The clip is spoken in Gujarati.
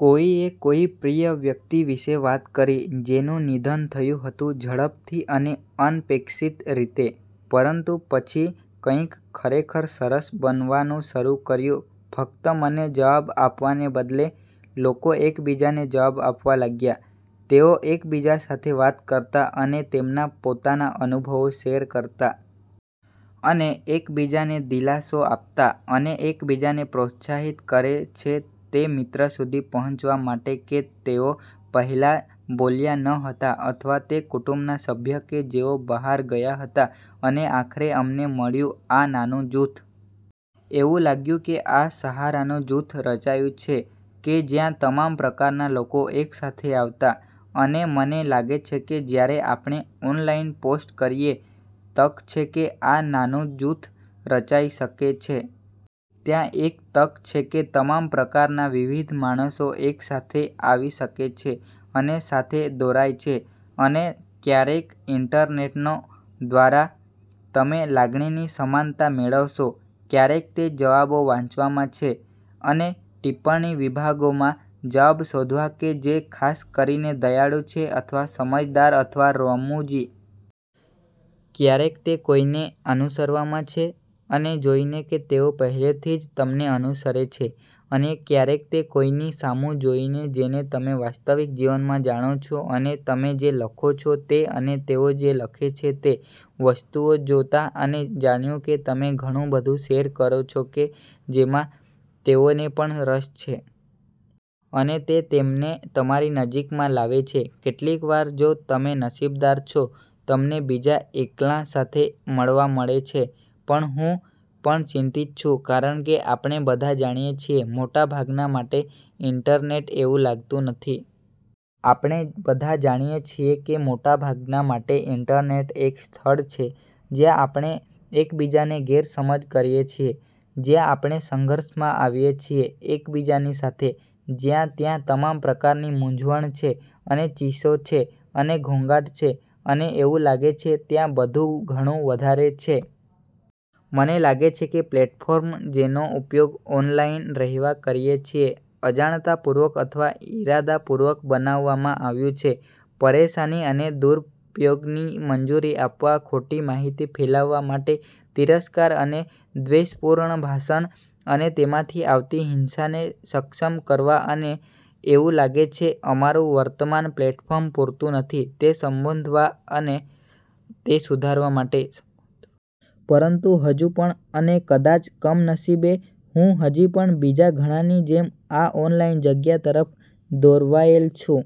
કોઈએ કોઈ પ્રિય વ્યક્તિ વિશે વાત કરી જેનું નિધન થયું હતું ઝડપથી અને અનપેક્ષિત રીતે. પરંતુ પછી કંઈક ખરેખર સરસ બનવાનું શરૂ કર્યું ફક્ત મને જવાબ આપવાને બદલે. લોકો એકબીજાને જવાબ આપવા લાગ્યા, તેઓ એકબીજા સાથે વાત કરતાં અને તેમના પોતાના અનુભવો શેર કરતાં. અને એકબીજાને દિલાસો આપતાં. અને એકબીજાને પ્રોત્સાહિત કરે છે તે મિત્ર સુધી પહોંચવા માટે કે તેઓ પહેલાં બોલ્યા ન હતા અથવા તે કુટુંબના સભ્ય કે જેઓ બહાર ગયાં હતાં. અને આખરે અમને મળ્યું આ નાનું જૂથ. એવું લાગ્યું કે આ સહારાનું જૂથ રચાયું છે કે જ્યાં તમામ પ્રકારના લોકો એકસાથે આવતા. અને મને લાગે છે કે જ્યારે આપણે ઓનલાઇન પોસ્ટ કરીએ, તક છે કે આ નાનું જૂથ રચાઈ શકે છે. ત્યાં એક તક છે કે તમામ પ્રકારના વિવિધ માણસો એકસાથે આવી શકે છે અને સાથે દોરાય છે. અને ક્યારેક ઇન્ટરનેટનો દ્વારા તમે લાગણીની સમાનતા મેળવશો. ક્યારેક તે જવાબો વાંચવામાં છે. અને ટિપ્પણી વિભાગોમાં જવાબ શોધવા કે જે ખાસ કરીને દયાળુ છે અથવા સમજદાર અથવા રમુજી. ક્યારેક તે કોઈને અનુસરવામાં છે. અને જોઈને કે તેઓ પહેલેથી જ તમને અનુસરે છે. અને ક્યારેક તે કોઈની સામું જોઈને જેને તમે વાસ્તવિક જીવનમાં જાણો છો અને તમે જે લખો છો તે અને તેઓ જે લખે છે તે વસ્તુઓ જોતાં અને જાણ્યું કે તમે ઘણું બધું શેર કરો છો કે જેમાં તેઓને પણ રસ છે. અને તે તેમને તમારી નજીકમાં લાવે છે. કેટલીકવાર, જો તમે નસીબદાર છો, તમને બીજા એકલાં સાથે મળવા મળે છે. પણ હું પણ ચિંતિત છું કારણકે આપણે બધા જાણીએ છીએ મોટાભાગના માટે ઇન્ટરનેટ એવું લાગતું નથી. આપણે બધા જાણીએ છીએ કે મોટાભાગના માટે ઇન્ટરનેટ એક સ્થળ છે જ્યાં આપણે એકબીજાને ગેરસમજ કરીએ છીએ, જ્યાં આપણે સંઘર્ષમાં આવીએ છીએ એકબીજાની સાથે, જ્યાં ત્યાં તમામ પ્રકારની મૂંઝવણ છે અને ચીસો છે અને ઘોંઘાટ છે અને એવું લાગે છે ત્યાં બધું ઘણું વધારે છે. મને લાગે છે કે પ્લેટફોર્મ જેનો ઉપયોગ ઓનલાઇન રહેવા કરીએ છીએ અજાણતાંપૂર્વક અથવા ઇરાદાપૂર્વક બનાવવામાં આવ્યું છે. પરેશાની અને દુરૂપયોગની મંજૂરી આપવા ખોટી માહિતી ફેલાવવા માટે, તિરસ્કાર અને દ્વેષપૂર્ણ ભાષણ અને તેમાંથી આવતી હિંસાને સક્ષમ કરવાં અને એવું લાગે છે અમારું વર્તમાન પ્લેટફોર્મ પૂરતૂં નથી તે સંબોધવા અને તે સુધારવા માટે. પરંતુ હજુ પણ અને કદાચ કમનસીબે, હું હજી પણ બીજા ઘણાની જેમ આ ઓનલાઇન જગ્યા તરફ દોરવાયેલ છું.